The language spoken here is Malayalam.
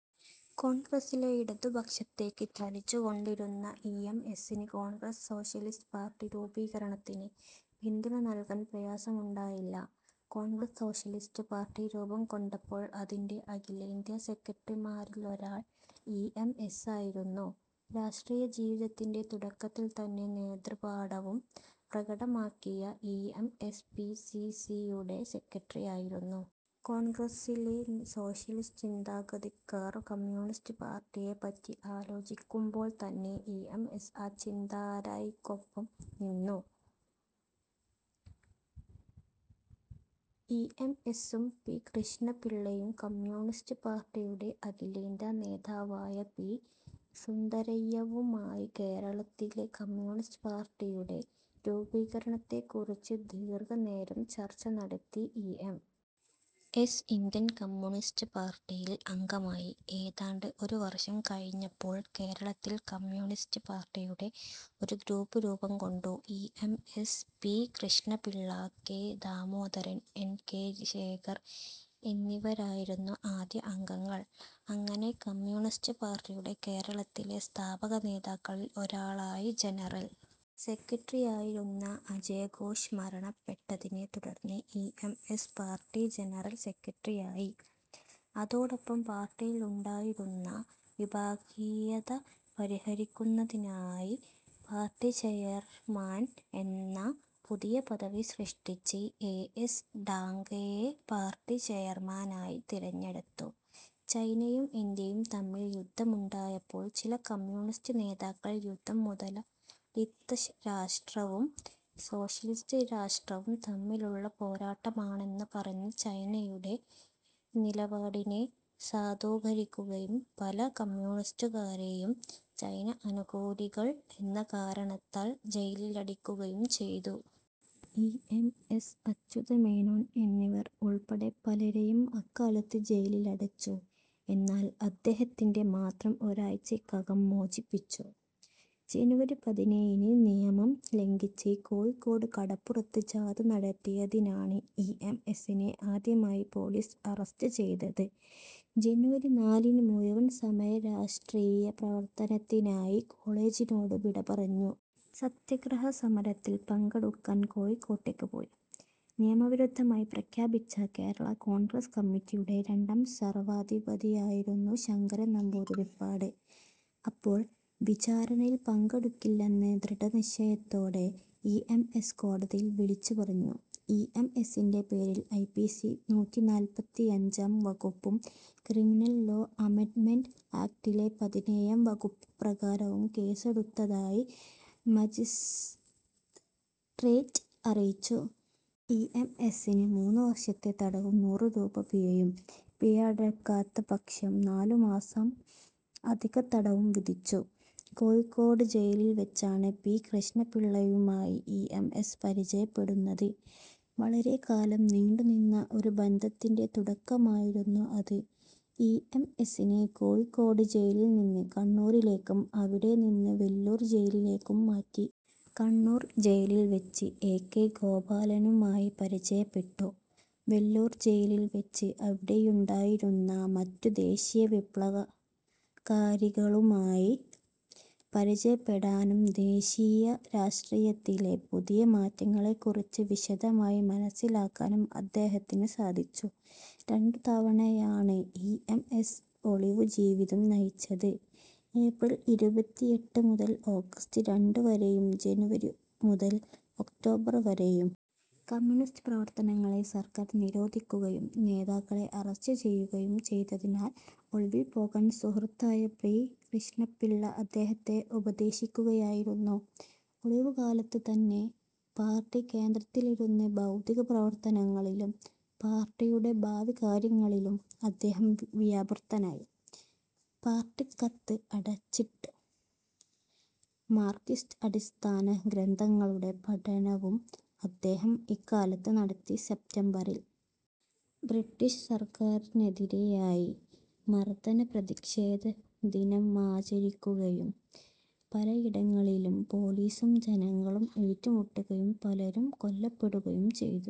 കോൺഗ്രസ്സിലെ ഇടതുപക്ഷത്തേക്ക് ചലിച്ചുകൊണ്ടിരുന്ന ഇ. എം. എസ്സിന് കോൺഗ്രസ് സോഷ്യലിസ്റ്റ് പാർട്ടി രൂപീകരണത്തിന് പിന്തുണ നൽകാൻ പ്രയാസമുണ്ടായില്ല. കോൺഗ്രസ് സോഷ്യലിസ്റ്റ് പാർട്ടി രൂപംകൊണ്ടപ്പോൾ അതിൻ്റെഅഖിലേന്ത്യാ സെക്രട്ടറിമാരിലൊരാൾ ഇ. എം. എസ്സായിരുന്നു. രാഷ്ട്രീയ ജീവിതത്തിൻ്റെതുടക്കത്തിൽത്തന്നെ നേതൃപാടവം പ്രകടമാക്കിയ E. M. S. P. C. C. യുടെ സെക്രട്ടറിയായിരുന്നു. കോൺഗ്രസിലെ സോഷ്യലിസ്റ്റ് ചിന്താഗതിക്കാർ കമ്മ്യൂണിസ്റ്റ് പാർട്ടിയെപ്പറ്റി ആലോചിക്കുമ്പോൾത്തന്നെ ഇ. എം. എസ്. ആ ചിന്താധാരയ്ക്കൊപ്പം നിന്നു. ൽ ഇ. എം. എസ്സും പി. കൃഷ്ണപിള്ളയും കമ്മ്യൂണിസ്റ്റ് പാർട്ടിയുടെ അഖിലേന്ത്യാ നേതാവായ പി. സുന്ദരയ്യയുമായി കേരളത്തിലെ കമ്മ്യൂണിസ്റ്റ് പാർട്ടിയുടെ രൂപീകരണത്തെക്കുറിച്ച് ദീർഘനേരം ചർച്ച നടത്തി. E. M. S. Indian communist പാർട്ടിയിൽ അംഗമായി. ഏതാണ്ട് ഒരു വർഷം കഴിഞ്ഞപ്പോൾ കേരളത്തിൽ കമ്മ്യൂണിസ്റ്റ് പാർട്ടിയുടെ ഒരു ഗ്രൂപ്പ് രൂപംകൊണ്ടു. E. M. S., P. Krishnapillai, K. Damodaran, N. K. Shekhar എന്നിവരായിരുന്നു ആദ്യ അംഗങ്ങൾ. അങ്ങനെ കമ്മ്യൂണിസ്റ്റ് പാർട്ടിയുടെ കേരളത്തിലെ സ്ഥാപക നേതാക്കളിൽ ഒരാളായി. ജനറൽ സെക്രട്ടറിയായിരുന്ന അജയഘോഷ് മരണപ്പെട്ടതിനെ തുടർന്ന് E. M. S. Party general സെക്രട്ടറിയായി. അതോടൊപ്പം പാർട്ടിയിലുണ്ടായിരുന്ന വിഭാഗീയത പരിഹരിക്കുന്നതിനായി പാർട്ടി ചെയർമാൻ എന്ന പുതിയ പദവി സൃഷ്ടിച്ച് എ. എസ്. ഡാംഗെയെ പാർട്ടി ചെയർമാനായി തിരഞ്ഞെടുത്തു. ചൈനയും ഇന്ത്യയും തമ്മിൽ യുദ്ധമുണ്ടായപ്പോൾ ചില കമ്മ്യൂണിസ്റ്റ് നേതാക്കൾ യുദ്ധം മുതലാളിത്ത രാഷ്ട്രവും സോഷ്യലിസ്റ്റ് രാഷ്ട്രവും തമ്മിലുള്ള പോരാട്ടമാണെന്ന് പറഞ്ഞ് ചൈനയുടെ നിലപാടിനെ സാധൂകരിക്കുകയും പല കമ്മ്യൂണിസ്റ്റുകാരെയും ചൈന അനുകൂലികൾ എന്ന കാരണത്താൽ ജയിലിലടിക്കുകയും ചെയ്തു. E. M. S., Achutha Menon എന്നിവർ ഉൾപ്പെടെ പലരെയും അക്കാലത്ത് ജയിലിലടച്ചു. എന്നാൽ അദ്ദേഹത്തെ മാത്രം ഒരാഴ്ചയ്ക്കകം മോചിപ്പിച്ചു. ജനുവരി പതിനേഴിന് നിയമം ലംഘിച്ച് കോഴിക്കോട് കടപ്പുറത്ത് ജാഥ നടത്തിയതിനാണ് ഇ. എം. എസ്സിനെ ആദ്യമായി പോലീസ് അറസ്റ്റ് ചെയ്തത്. ജനുവരി നാലിന് മുഴുവൻ സമയ രാഷ്ട്രീയ പ്രവർത്തനത്തിനായി കോളേജിനോട് വിടപറഞ്ഞു. സത്യഗ്രഹ സമരത്തിൽ പങ്കെടുക്കാൻ കോഴിക്കോട്ടേക്ക് പോയി. നിയമവിരുദ്ധമായി പ്രഖ്യാപിച്ച കേരള കോൺഗ്രസ് കമ്മിറ്റിയുടെ രണ്ടാം സർവാധിപതിയായിരുന്നു ശങ്കരൻ നമ്പൂതിരിപ്പാട് അപ്പോൾ. വിചാരണയിൽ പങ്കെടുക്കുന്നില്ലെന്ന് ദൃഢനിശ്ചയത്തോടെ ഇ. എം. എസ്. കോടതിയിൽ വിളിച്ചുപറഞ്ഞു. ഇ. എം. എസ്സിൻ്റെപേരിൽ ഐ. പി. സി. നൂറ്റിനാൽപ്പത്തിയഞ്ചാം വകുപ്പും ക്രിമിനൽ ലോ അമെൻഡ്മെന്റ് ആക്ടിലെ പതിനേഴാം വകുപ്പുപ്രകാരവും കേസെടുത്തതായി മജിസ്ട്രേറ്റ് അറിയിച്ചു. ഇ. എം. എസ്സിന് മൂന്ന് വർഷത്തെ തടവും നൂറു രൂപ പിഴയും, പിഴയടയ്ക്കാത്ത പക്ഷം നാലുമാസം അധിക തടവും വിധിച്ചു. കോഴിക്കോട് ജയിലിൽവെച്ചാണ് പി. കൃഷ്ണപിള്ളയുമായി ഇ. എം. എസ്. പരിചയപ്പെടുന്നത്. വളരെക്കാലം നീണ്ടുനിന്ന ഒരു ബന്ധത്തിൻ്റെതുടക്കമായിരുന്നു അത്. ഇ. എം. എസ്സിനെ കോഴിക്കോട് ജയിലിൽനിന്ന് കണ്ണൂരിലേക്കും അവിടെനിന്ന് വെല്ലൂർ ജയിലിലേക്കും മാറ്റി. കണ്ണൂർ ജയിലിൽവെച്ച് എ. കെ. ഗോപാലനുമായി പരിചയപ്പെട്ടു. വെല്ലൂർ ജയിലിൽവെച്ച് അവിടെയുണ്ടായിരുന്ന മറ്റു ദേശീയ വിപ്ലവകാരികളുമായി പരിചയപ്പെടാനും ദേശീയ രാഷ്ട്രീയത്തിലെ പുതിയ മാറ്റങ്ങളെക്കുറിച്ച് വിശദമായി മനസ്സിലാക്കാനും അദ്ദേഹത്തിന് സാധിച്ചു. രണ്ടുതവണയാണ് ഇ. എം. എസ്. ഒളിവുജീവിതം നയിച്ചത്. ഏപ്രിൽ ഇരുപത്തിയെട്ട് മുതൽ ഓഗസ്റ്റ് രണ്ട് വരെയും ജനുവരി മുതൽ ഒക്ടോബർ വരെയും. കമ്മ്യൂണിസ്റ്റ് പ്രവർത്തനങ്ങളെ സർക്കാർ നിരോധിക്കുകയും നേതാക്കളെ അറസ്റ്റ് ചെയ്യുകയും ചെയ്തതിനാൽ ഒളിവിൽ പോകാൻ സുഹൃത്തായ പി. കൃഷ്ണപിള്ള അദ്ദേഹത്തെ ഉപദേശിക്കുകയായിരുന്നു. ഒളിവുകാലത്ത് തന്നെ പാർട്ടി കേന്ദ്രത്തിലിരുന്ന് ബൗദ്ധിക പ്രവർത്തനങ്ങളിലും പാർട്ടിയുടെ ഭാവികാര്യങ്ങളിലും അദ്ദേഹം വ്യാപൃതനായി. പാർട്ടിക്കത്ത് അച്ചടിച്ചു. മാർക്സിസ്റ്റ് അടിസ്ഥാന ഗ്രന്ഥങ്ങളുടെ പഠനവും അദ്ദേഹം ഇക്കാലത്ത് നടത്തി. സെപ്റ്റംബറിൽ ബ്രിട്ടീഷ് സർക്കാരിനെതിരായി മർദന പ്രതിഷേധ ദിനമാചരിക്കുകയും പലയിടങ്ങളിലും പോലീസും ജനങ്ങളും ഏറ്റുമുട്ടുകയും പലരും കൊല്ലപ്പെടുകയും ചെയ്തു.